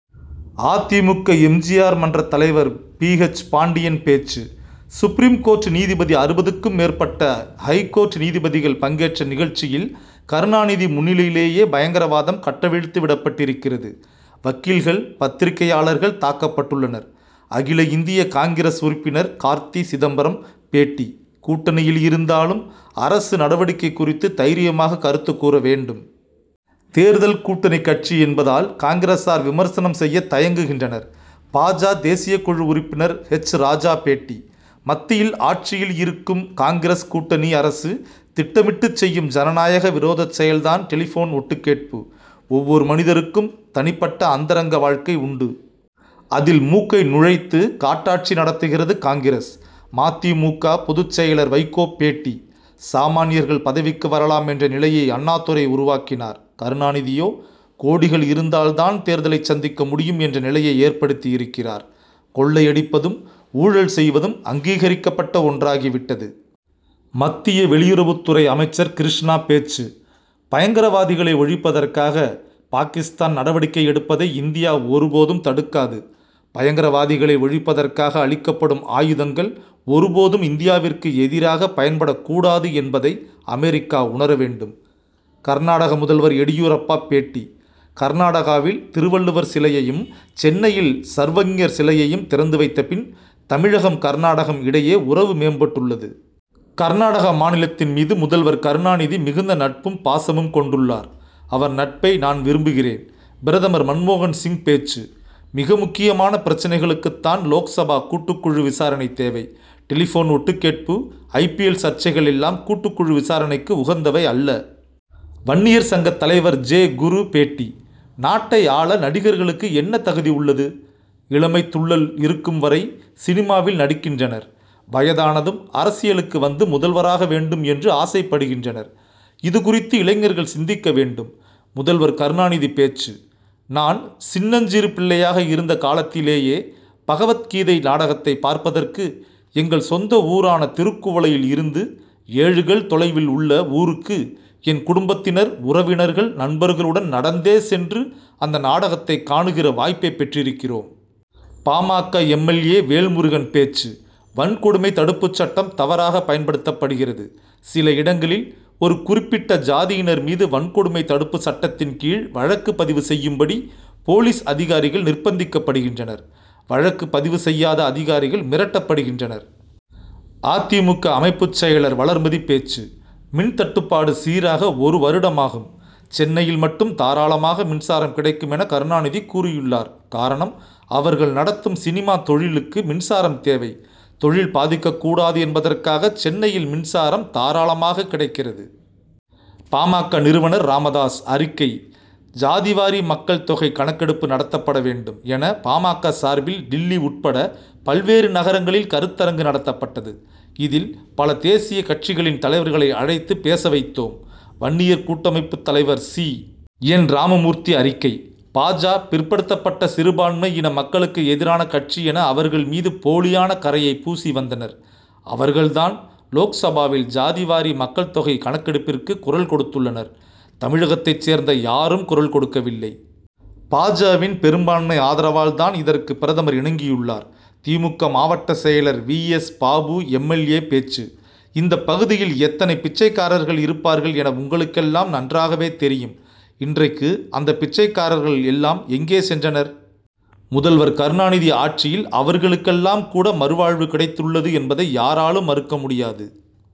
அ. தி. மு. க. எம். ஜி. ஆர். மன்றத் தலைவர் பி. எச். பாண்டியன் பேச்சு சுப்ரீம் கோர்ட் நீதிபதி அறுபதுக்கும் மேற்பட்ட ஐகோர்ட் நீதிபதிகள் பங்கேற்ற நிகழ்ச்சியில் கருணாநிதி முன்னிலையிலேயே பயங்கரவாதம் கட்டவிழ்த்து விடப்பட்டிருக்கிறது. வக்கீல்கள் பத்திரிகையாளர்கள் தாக்கப்பட்டுள்ளனர். அகில இந்திய காங்கிரஸ் உறுப்பினர் கார்த்தி சிதம்பரம் பேட்டி கூட்டணியில் இருந்தாலும் அரசு நடவடிக்கை குறித்து தைரியமாக கருத்து கூறவேண்டும். தேர்தல் கூட்டணி கட்சி என்பதால் காங்கிரசார் விமர்சனம் செய்ய தயங்குகின்றனர். பா. ஜ. தேசியக்குழு உறுப்பினர் எச். ராஜா பேட்டி மத்தியில் ஆட்சியில் இருக்கும் காங்கிரஸ் கூட்டணி அரசு திட்டமிட்டுச் செய்யும் ஜனநாயக விரோதச் செயல் தான் டெலிபோன் ஒட்டுக்கேட்பு. ஒவ்வொரு மனிதருக்கும் தனிப்பட்ட அந்தரங்க வாழ்க்கை உண்டு. அதில் மூக்கை நுழைத்து காட்டாட்சி நடத்துகிறது காங்கிரஸ். ம. தி. மு. க. பொதுச் செயலர் வைகோ பேட்டி சாமான்யர்கள் பதவிக்கு வரலாம் என்ற நிலையை அண்ணாதுரை உருவாக்கினார். கருணாநிதியோ கோடிகள் இருந்தால் தான் தேர்தலைச் சந்திக்க முடியும் என்ற நிலையை ஏற்படுத்தியிருக்கிறார். கொள்ளையடிப்பதும் ஊழல் செய்வதும் அங்கீகரிக்கப்பட்ட ஒன்றாகி விட்டது. மத்திய வெளியுறவுத் துறை அமைச்சர் கிருஷ்ணா பேச்சு பயங்கரவாதிகளை ஒழிப்பதற்காக பாகிஸ்தான் நடவடிக்கை எடுப்பதை இந்தியா ஒரு போதும் தடுக்காது. பயங்கரவாதிகளை ஒழிப்பதற்காக அளிக்கப்படும் ஆயுதங்கள் ஒரு போதும் இந்தியாவிற்கு எதிராக பயன்படக்கூடாது என்பதை அமெரிக்கா உணர வேண்டும். கர்நாடக முதல்வர் எடியூரப்பா பேட்டி கர்நாடகாவில் திருவள்ளுவர் சிலையையும் சென்னையில் சர்வக்ஞர் சிலையையும் திறந்து வைத்த பின் தமிழகம் கர்நாடகம் இடையே உறவு மேம்பட்டுள்ளது. கர்நாடக மாநிலத்தின் மீது முதல்வர் கருணாநிதி மிகுந்த நட்பும் பாசமும் கொண்டுள்ளார். அவர் நட்பை நான் விரும்புகிறேன். பிரதமர் மன்மோகன் சிங் பேச்சு மிக முக்கியமான பிரச்னைகளுக்குத்தான் லோக்சபா கூட்டுக் குழு விசாரணை தேவை. டெலிபோன் ஒட்டுக் கேட்பு ஐ. பி. எல். சர்ச்சைகள் எல்லாம் கூட்டுக் குழு விசாரணைக்கு உகந்தவை அல்ல. வன்னியர் சங்கத் தலைவர் ஜெ. குரு பேட்டி நாட்டை ஆள நடிகர்களுக்கு என்ன தகுதி உள்ளது? இளமைத் துள்ளல் இருக்கும் வரை சினிமாவில் நடிக்கின்றனர். வயதானதும் அரசியலுக்கு வந்து முதல்வராக வேண்டும் என்று ஆசைப்படுகின்றனர். இது குறித்து இளைஞர்கள் சிந்திக்க வேண்டும். முதல்வர் கருணாநிதி பேச்சு நான் சின்னஞ்சிறு பிள்ளையாக இருந்த காலத்திலேயே பகவத் கீதை நாடகத்தை பார்ப்பதற்கு எங்கள் சொந்த ஊரான திருக்குவளையில் இருந்து ஏழு கல் தொலைவில் உள்ள ஊருக்கு என் குடும்பத்தினர் உறவினர்கள் நண்பர்களுடன் நடந்தே சென்று அந்த நாடகத்தை காணுகிற வாய்ப்பைப் பெற்றிருக்கிறோம். பா. ம. க. எம். எல். ஏ. வேல்முருகன் பேச்சு வன்கொடுமை தடுப்புச் சட்டம் தவறாக பயன்படுத்தப்படுகிறது. சில இடங்களில் ஒரு குறிப்பிட்ட ஜாதியினர் மீது வன்கொடுமை தடுப்பு சட்டத்தின் கீழ் வழக்கு பதிவு செய்யும்படி போலீஸ் அதிகாரிகள் நிர்பந்திக்கப்படுகின்றனர். வழக்கு பதிவு செய்யாத அதிகாரிகள் மிரட்டப்படுகின்றனர். அ. தி. மு. க. அமைப்புச் செயலர் வளர்மதி பேச்சு மின் தட்டுப்பாடு சீராக ஒரு வருடமாகும் சென்னையில் மட்டும் தாராளமாக மின்சாரம் கிடைக்கும் என கருணாநிதி கூறியுள்ளார். காரணம் அவர்கள் நடத்தும் சினிமா தொழிலுக்கு மின்சாரம் தேவை. தொழில் பாதிக்கக்கூடாது என்பதற்காக சென்னையில் மின்சாரம் தாராளமாகக் கிடைக்கிறது. பா. ம. க. நிறுவனர் ராமதாஸ் அறிக்கை ஜாதி வாரி மக்கள் தொகை கணக்கெடுப்பு நடத்தப்பட வேண்டும் என பா. ம. க. சார்பில் டில்லி உட்பட பல்வேறு நகரங்களில் கருத்தரங்கு நடத்தப்பட்டது. இதில் பல தேசிய கட்சிகளின் தலைவர்களை அழைத்து பேச வைத்தோம். வன்னியர் கூட்டமைப்புத் தலைவர் சி. என். ராமமூர்த்தி அறிக்கை பா. ஜ. பிற்படுத்தப்பட்ட சிறுபான்மை இன மக்களுக்கு எதிரான கட்சி என அவர்கள் மீது போலியான கறையை பூசி வந்தனர். அவர்கள் தான் லோக்சபாவில் ஜாதி வாரி மக்கள் தொகை கணக்கெடுப்பிற்கு குரல் கொடுத்துள்ளனர். தமிழகத்தைச் சேர்ந்த யாரும் குரல் கொடுக்கவில்லை. பா. ஜ.வின் பெரும்பான்மை ஆதரவால் தான் இதற்கு பிரதமர் இணங்கியுள்ளார். தி. மு. க. மாவட்ட செயலர் V. S. Babu M. L. A. பேச்சு இந்தப் பகுதியில் எத்தனை பிச்சைக்காரர்கள் இருப்பார்கள் என உங்களுக்கெல்லாம் நன்றாகவே தெரியும். இன்றைக்கு அந்த பிச்சைக்காரர்கள் எல்லாம் எங்கே சென்றனர். முதல்வர் கருணாநிதி ஆட்சியில் அவர்களுக்கெல்லாம் கூட மறுவாழ்வு கிடைத்துள்ளது என்பதை யாராலும் மறுக்க முடியாது.